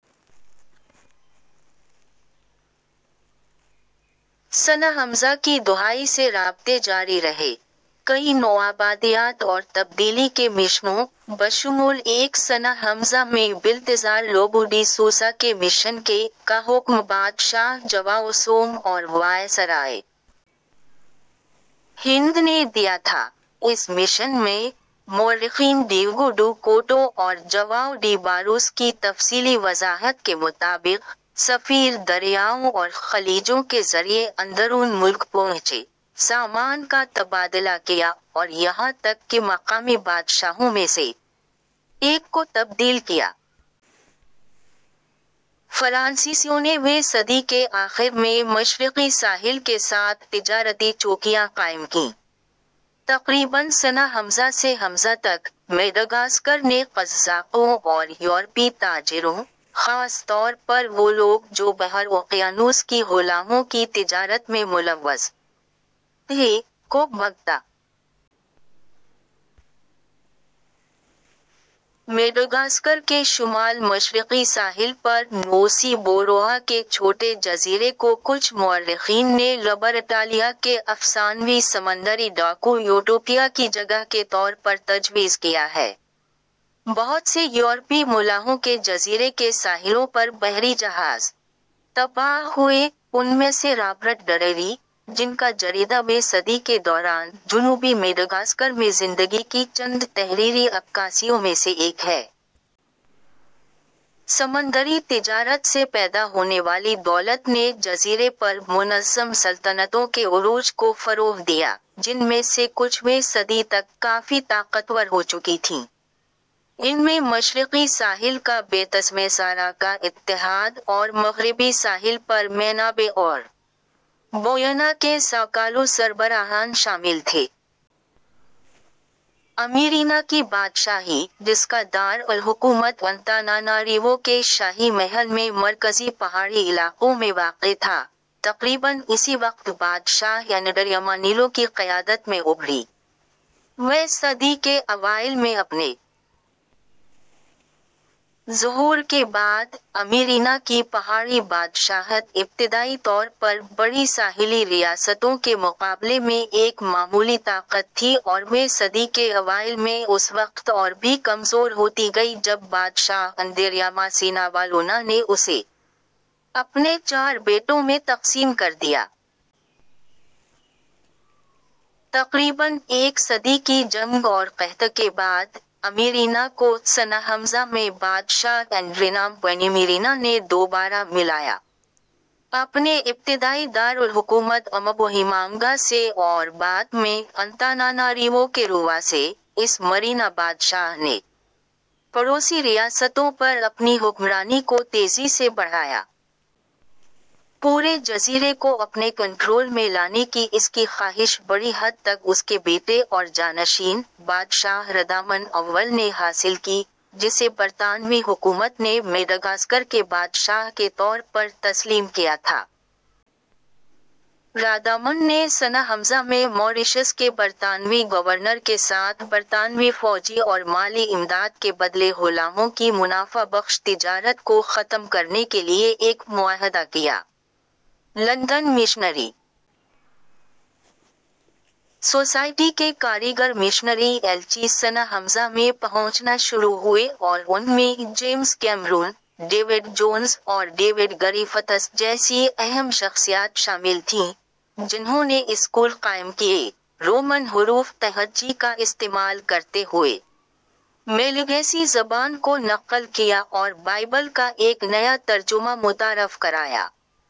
سنہ ء کی دہائی سے رابطے جاری رہے۔ کئی نوآبادیات اور تبدیلی کے مشنوں، بشمول ایک سنہ ء میں بالتزار لوبو ڈی سوسا کے مشن کے، کا حکم بادشاہ جواؤ سوم اور وائسرائے ہند نے دیا تھا، اس مشن میں، مورخین ڈیوگو ڈو کوٹو اور جواؤ ڈی باروس کی تفصیلی وضاحت کے مطابق، سفیر دریاؤں اور خلیجوں کے ذریعے اندرون ملک پہنچے، سامان کا تبادلہ کیا اور یہاں تک کہ مقامی بادشاہوں میں سے ایک کو تبدیل کیا۔ فرانسیسیوں نے ویں صدی کے آخر میں مشرقی ساحل کے ساتھ تجارتی چوکیاں قائم کیں۔ تقریباً سنہ ء سے ء تک، مڈغاسکر نے قزاقوں اور یورپی تاجروں، خاص طور پر وہ لوگ جو بحر اوقیانوس کی غلاموں کی تجارت میں ملوث تھے، کو بھگتا۔ مڈغاسکر کے شمال مشرقی ساحل پر نوسی بوروہا کے چھوٹے جزیرے کو کچھ مورخین نے لبرٹالیا کے افسانوی سمندری ڈاکو یوٹوپیا کی جگہ کے طور پر تجویز کیا ہے۔ بہت سے یورپی ملاحوں کے جزیرے کے ساحلوں پر بحری جہاز تباہ ہوئے، ان میں سے رابرٹ ڈریری، جن کا جریدہ ویں صدی کے دوران جنوبی مڈغاسکر میں زندگی کی چند تحریری عکاسیوں میں سے ایک ہے۔ سمندری تجارت سے پیدا ہونے والی دولت نے جزیرے پر منظم سلطنتوں کے عروج کو فروغ دیا، جن میں سے کچھ ویں صدی تک کافی طاقتور ہو چکی تھیں۔ ان میں مشرقی ساحل کا بیتسمیساراکا اتحاد اور مغربی ساحل پر مینابے اور بوینا کے ساکالوا سربراہان شامل تھے۔ امیرینا کی بادشاہی، جس کا دار الحکومت انتاناناریوو کے شاہی محل میں مرکزی پہاڑی علاقوں میں واقع تھا، تقریباً اسی وقت بادشاہ اینڈریامانیلو کی قیادت میں ابھری۔ ویں صدی کے اوائل میں اپنے ظہور کے بعد، امیرینا کی پہاڑی بادشاہت ابتدائی طور پر بڑی ساحلی ریاستوں کے مقابلے میں ایک معمولی طاقت تھی اور ویں صدی کے اوائل میں اس وقت اور بھی کمزور ہوتی گئی جب بادشاہ اندیریاماسیناوالونا نے اسے اپنے چار بیٹوں میں تقسیم کر دیا۔ تقریباً ایک صدی کی جنگ اور قحط کے بعد، امیرینا کو سنہ ء میں بادشاہ اینڈرینامپوینیمیرینا نے دوبارہ ملایا۔ اپنے ابتدائی دار الحکومت امبوہیمانگا سے اور بعد میں انتاناناریوو کے رووا سے، اس مرینا بادشاہ نے پڑوسی ریاستوں پر اپنی حکمرانی کو تیزی سے بڑھایا۔ پورے جزیرے کو اپنے کنٹرول میں لانے کی اس کی خواہش بڑی حد تک اس کے بیٹے اور جانشین، بادشاہ رداما اول نے حاصل کی، جسے برطانوی حکومت نے مڈغاسکر کے بادشاہ کے طور پر تسلیم کیا تھا۔ راداما نے سنہ ء میں ماریشس کے برطانوی گورنر کے ساتھ برطانوی فوجی اور مالی امداد کے بدلے غلاموں کی منافع بخش تجارت کو ختم کرنے کے لیے ایک معاہدہ کیا۔ لندن مشنری سوسائٹی کے کاریگر مشنری ایلچی سنہ ء میں پہنچنا شروع ہوئے اور ان میں جیمز کیمرون، ڈیوڈ جونز اور ڈیوڈ گریفتھس جیسی اہم شخصیات شامل تھیں، جنھوں نے اسکول قائم کیے، رومن حروف تہجی کا استعمال کرتے ہوئے ملاگاسی زبان کو نقل کیا اور بائبل کا ایک نیا ترجمہ متعارف کرایا۔